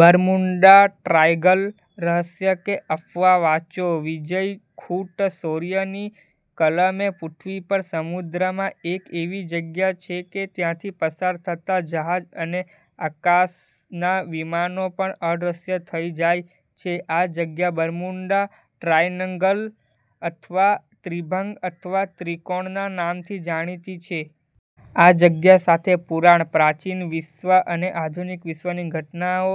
બરમુંડા ટ્રાયગલ રહસ્ય કે અફવા? વાંચો વિજય ખૂંટ "શોર્ય" ની કલમે પૃથ્વી પર સમુદ્રમાં એક એવી જગ્યા છે કે ત્યાથી પસાર થતા જહાજ અને આકાશના વિમાનો પણ અદ્રશ્ય થઇ જાય છે. આ જગ્યા બર્મુડાં ટ્રાયનગલ અથવા ત્રિભંગ અથવા ત્રિકોણના નામથી જાણીતી છે. આ જગ્યા સાથે પુરાણ, પ્રાચીન વિશ્વ અને આધુનીક વિશ્વની ઘટનાઓ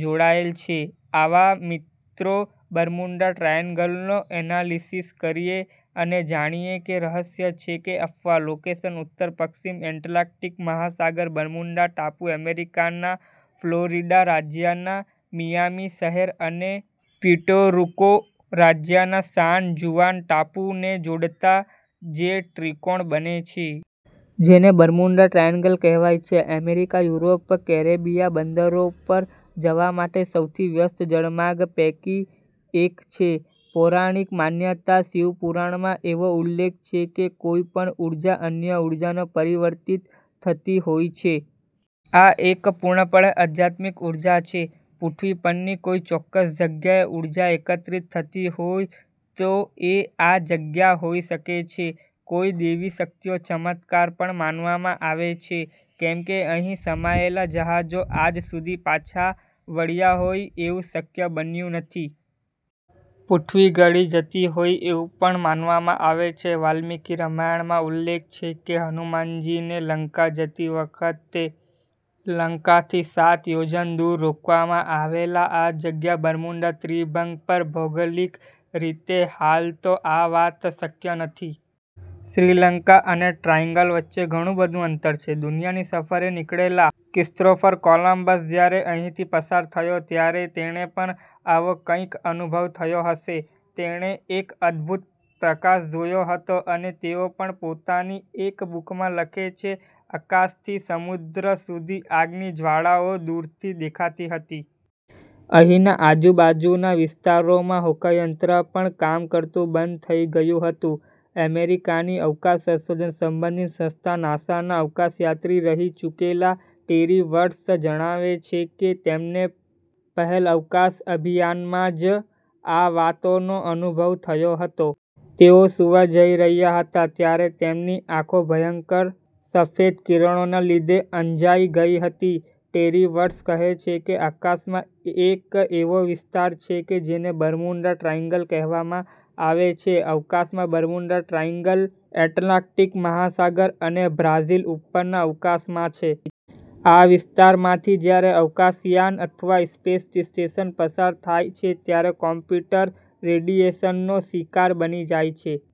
જોડાયેલ છે. આવો મિત્રો બર્મુનંડા ટ્રાયેન્ગલનો એનાલીસીસ કરીએ અને જાણીએ કે રહસ્ય છે કે અફવા .લોકેશન ઉત્તર પશ્ચિમ એટલાન્ટીક મહાસાગર બર્મુનંડા ટાપુ, અમેરીકાના ફ્લોરિડા રાજ્યના મિયામી શહેર અને પ્યુટો રુકો રાજ્યના સાન જુઆન ટાપૂ ને જોડતા જે ત્રીકોણ બને છે. જેને બરમુંડા ટ્રાએન્ગલ કહેવાય છે. એમેરીકા, યુરોપ, કેરેબિયા બંદરો પર જવા માટે સૌથી વ્યસ્ત જળમાર્ગ પેકી એક છે. પૌરાણીક માન્યતા શિવપુરાણમાં એવો ઉલ્લેખ છે કે કોઇ પણ ઉર્જા અન્ય ઉર્જામાં પરિવર્તિત થતી હોય છે. આ એક પુર્ણપણે અધ્યાત્મિક ઉર્જા છે. પૃથ્વી પરની કોઇ ચોક્કસ જગ્યાએ ઉર્જા એકત્રિત થતી હોય તો, એ આ જગ્યા હોઇ શકે છે. કોઇ દૈવી શક્તિનો ચમત્કાર પણ માનવામાં આવે છે કેમ કે અહિ સમાયેલા જહાજો આજ સુધી પાછા વળ્યાહોય એવુ શક્ય બન્યુ નથી. પૃથ્વી ગળી જતી હોય એવુ પણ માનવામાં આવે છે. વાલ્મીકી રામાયણમાં ઉલ્લેખ છે કે હનુમાનજીને લંકા જતી વખતે લંકાથી સાત યોજન દુર રોકવામાં આવેલા આ જગ્યા બર્મુડા ત્રિભંગ ,પણ ભૌગોલીક રીતે હાલ તો આ વાત શક્ય નથી. શ્રીલંકા અને ટ્રાયેન્ગલ વચ્ચે ઘણુ બધુ અંતર છે. દુનિયાની સફરે નિકળેલા ક્રિસ્ત્રોફર કોલંબસ જ્યારે અહિથી પસાર થયો ત્યારે તેને પણ આવો કઈક અનુભવ થયો હશે. તેણે એક અદભુત પ્રકાશ જોયો હતો અને તેઓ પણ પોતાની એક બુકમાં લખે છે આકાશ થી સમુદ્ર સુધી આગની જવાળાઓ દુરથી દેખાતી હતી. અહિના આજુબાજુના વિસ્તારોમાં હોકાયંત્ર પણ કામ કરતુ બંધ થઇ ગયુ હતુ. એમેરીકાની અવકાશ સંશોધન સંબંધિત સંસ્થા નાસાના અવકાશયાત્રી રહિ ચુકેલા ટેરી વર્ટસ જણાવે છે કે તેમને પહેલ અવકાશ અભિયાનમાં જ આ વાતોનો અનુભવ થયો હતો. તેઓ સુવા જઈ રહ્યા હતા. ત્યારે તેમની આંખો ભયંકર સફેદ કિરણોને લીધે અંજાઇ ગઇ હતી. ટેરી વર્ટસ કહે છે કે આકાશમાં એક એવો વિસ્તાર છે કે, જેને બર્મુનંડા ટ્રાએન્ગલ કહેવામાં આવે છે. અવકાશમાં બારમુંડા ટ્રાએન્ગલ એટલાન્ટિક મહાસાગર અને બ્રાઝીલ ઉપરના આકાશમાં છે. આ વિસ્તારમાંથી જ્યારે અવકાશયાન અથવા સ્પેશ સ્ટેશન પસાર થાય છે. ત્યારે કમ્પ્યુટર રેડિએશનનો શિકાર બની જાય છે.